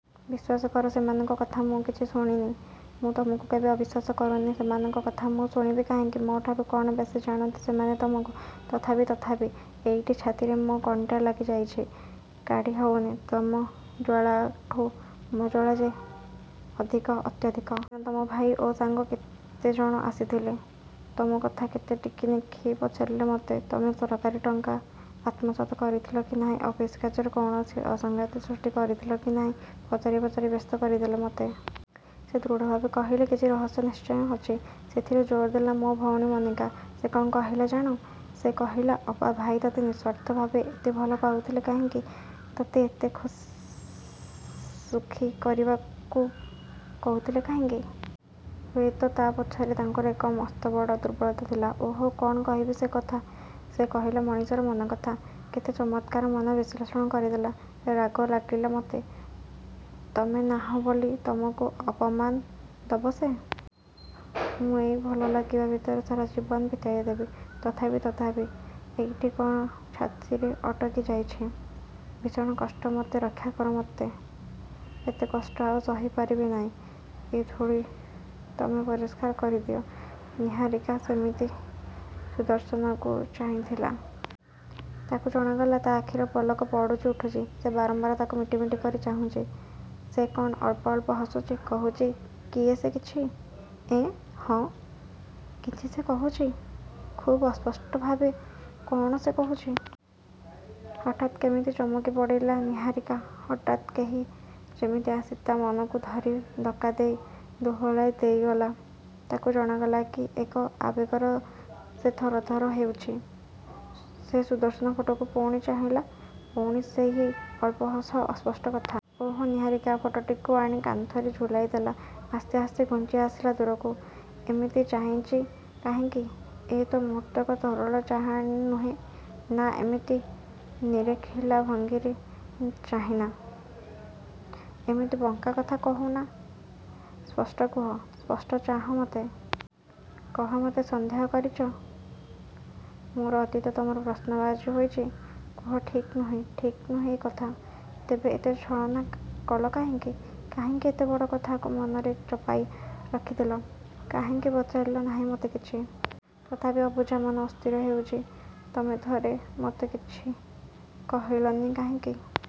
"ବିଶ୍ଵାସ କର, ସେମାନଙ୍କ କଥା ମୁଁ କିଛି ଶୁଣିନି, ମୁଁ ତମକୁ କେବେ ଅବିଶ୍ଵାସ କରୁନି। ସେମାନଙ୍କ କଥା ମୁଁ ଶୁଣିବି କାହିଁକି? ମୋ'ଠାରୁ କ'ଣ ବେଶି ଜାଣନ୍ତି ସେମାନେ ତମକୁ? ତଥାପି ତଥାପି ଏଇଠି ଛାତିରେ ମୋ' କଣ୍ଟା ଲାଗିଯାଇଚି, କାଢ଼ି ହଉନି। ତମ ଜ୍ଵାଳାଠୁ ମୋ' ଜ୍ଵାଳା ଯେ ଅଧିକ, ଅତ୍ୟଧିକ।" "ସେଦିନ ତମ ଭାଇ ଓ ସାଙ୍ଗ କେତେ ଜଣ ଆସିଥିଲେ, ତମ କଥା କେତେ ଟିକି ନିଖି ପଚାରିଲେ ମତେ। ତମେ ସରକାରୀ ଟଙ୍କା ଆତ୍ମସାତ କରିଥିଲ କି ନାହିଁ, ଅଫିସ କାର୍ଯ୍ୟରେ କୌଣସି ଅସଂଗତି ସୃଷ୍ଟି କରିଥିଲ କି ନାହିଁ। ପଚାରି ପଚାରି ବ୍ୟସ୍ତ କରିଦେଲେ ମତେ। ସେ ଦୃଢ଼ଭାବେ କହିଲେ, କିଛି ରହସ୍ୟ ନିଶ୍ଚୟ ଅଛି।" "ସେଥିରେ ଜୋର ଦେଲା, ମୋ ଭଉଣୀ ମନିକା। ସେ କ'ଣ କହିଲା ଜାଣ? ସେ କହିଲା, 'ଅପା, ଭାଇ ତତେ ନିଃସ୍ଵାର୍ଥ ଭାବେ ଏତେ ଭଲପାଉଥିଲେ କାହିଁକି? ତତେ ଏତେ ସୁଖୀ କରିବାକୁ କହୁଥିଲେ କାହିଁକି? ହୁଏ ତ ତା' ପଛରେ ତାଙ୍କର ଏକ ମସ୍ତ ବଡ଼ ଦୁର୍ବଳତା ଥିଲା।' ଓଃ କ'ଣ କହିବି ସେ କଥା ସେ କହିଲା ମଣିଷର ମନ କଥା। କେତେ ଚମତ୍କାର ମନ ବିଶ୍ଳେଷଣ କରିଦେଲା। ରାଗ ଲାଗିଲା ମତେ, ତମେ ନାହଁ ବୋଲି ତମକୁ ଅପମାନ ଦବ ସେ? ମୁଁ ଏଇ ଭଲ ଲାଗିବା ଭିତରେ ସାରା ଜୀବନ ବିତାଇ ଦେବି।" "ତଥାପି ତଥାପି ଏଇଠି କ'ଣ ଛାତିରେ ଅଟକି ଯାଇଚି। ଭୀଷଣ କଷ୍ଟ, ମତେ ରକ୍ଷାକର ମତେ। ଏ କଷ୍ଟ ଆଉ ସହି ପାରିବି ନାଇଁ। ଏ ଧୂଳି ତମେ ପରିଷ୍କାର କରିଦିଅ।" ନିହାରିକା ସେମିତି ସୁଦର୍ଶନକୁ ଚାହିଁଥିଲା। ତାକୁ ଜଣାଗଲା, ତା' ଆଖିର ପଲକ ପଡ଼ୁଚି ଉଠୁଚି। ସେ ବାରମ୍ବାର ତାକୁ ମିଟି ମିଟି କରି ଚାହୁଁଚି। ସେ କ'ଣ ଅଳ୍ପ ଅଳ୍ପ ହସୁଚି? କହୁଚି କି ସେ କିଛି? ଏଁ, ହଁ, କିଛି ସେ କହୁଚି। ଖୁବ୍ ଅସ୍ପଷ୍ଟ ଭାବେ। କ'ଣ ସେ କହୁଚି? ହଠାତ୍ କେମିତି ଚମକି ପଡ଼ିଲା ନିହାରିକା। ହଠାତ୍ କେହି ଯେମିତି ଆସି ତା' ମନକୁ ଧରି ଧକ୍କା ଦେଇ ଦୋହଲାଇ ଦେଇଗଲା। ତାକୁ ଜଣାଗଲା କି ଏକ ଆବେଗରେ ସେ ଥର ଥର ହେଉଚି। ସେ ସୁଦର୍ଶନ ଫଟୋକୁ ପୁଣି ଚାହିଁଲା। ପୁଣି ସେହି ଅଳ୍ପ ହସ, ଅସ୍ପଷ୍ଟ କଥା। ଓଃ ନିହାରିକା ଫଟୋଟିକୁ ଆଣି କାନ୍ଥରେ ଝୁଲାଇ ଦେଲା। ଆସ୍ତେ ଆସ୍ତେ ଘୁଞ୍ଚିଆସିଲା ଦୂରକୁ। "ଏମିତି ଚାହିଁଚି କାହିଁକି? ଏ ତ ମୁହୂର୍ତ୍ତକ ତଳର ଚାହାଣୀ ନୁହେଁ। ନାଁ, ଏମିତି ନିରେଖିଲା ଭଙ୍ଗୀରେ ଚାହଁ ନା, ଏମିତି ବଙ୍କା କଥା କୁହନା, ସ୍ପଷ୍ଟ କୁହ, ସ୍ପଷ୍ଟ ଚାହଁ ମତେ। କହ, ମତେ ସନ୍ଦେହ କରିଚ? ମୋର ଅତୀତ ତମର ପ୍ରଶ୍ନବାଚୀ ହୋଇଚି? କୁହ ଠିକ୍ ନୁହେଁ, ଠିକ୍ ନୁହେଁ ଏ କଥା? ତେବେ ଏତେ ଛଳନା କଲ କାହିଁକି? କାହିଁକି ଏତେ ବଡ଼ କଥାକୁ ମନରେ ଚପାଇ ରଖିଦେଲ? କାହିଁକି ପଚାରିଲ ନାହିଁ ମତେ କିଛି? ତଥାପି ଅବୁଝା ମନ ଅସ୍ଥିର ହେଉଚି, ତମେ ଥରେ ମତେ କିଛି କହିଲ ନି କାହିଁକି?"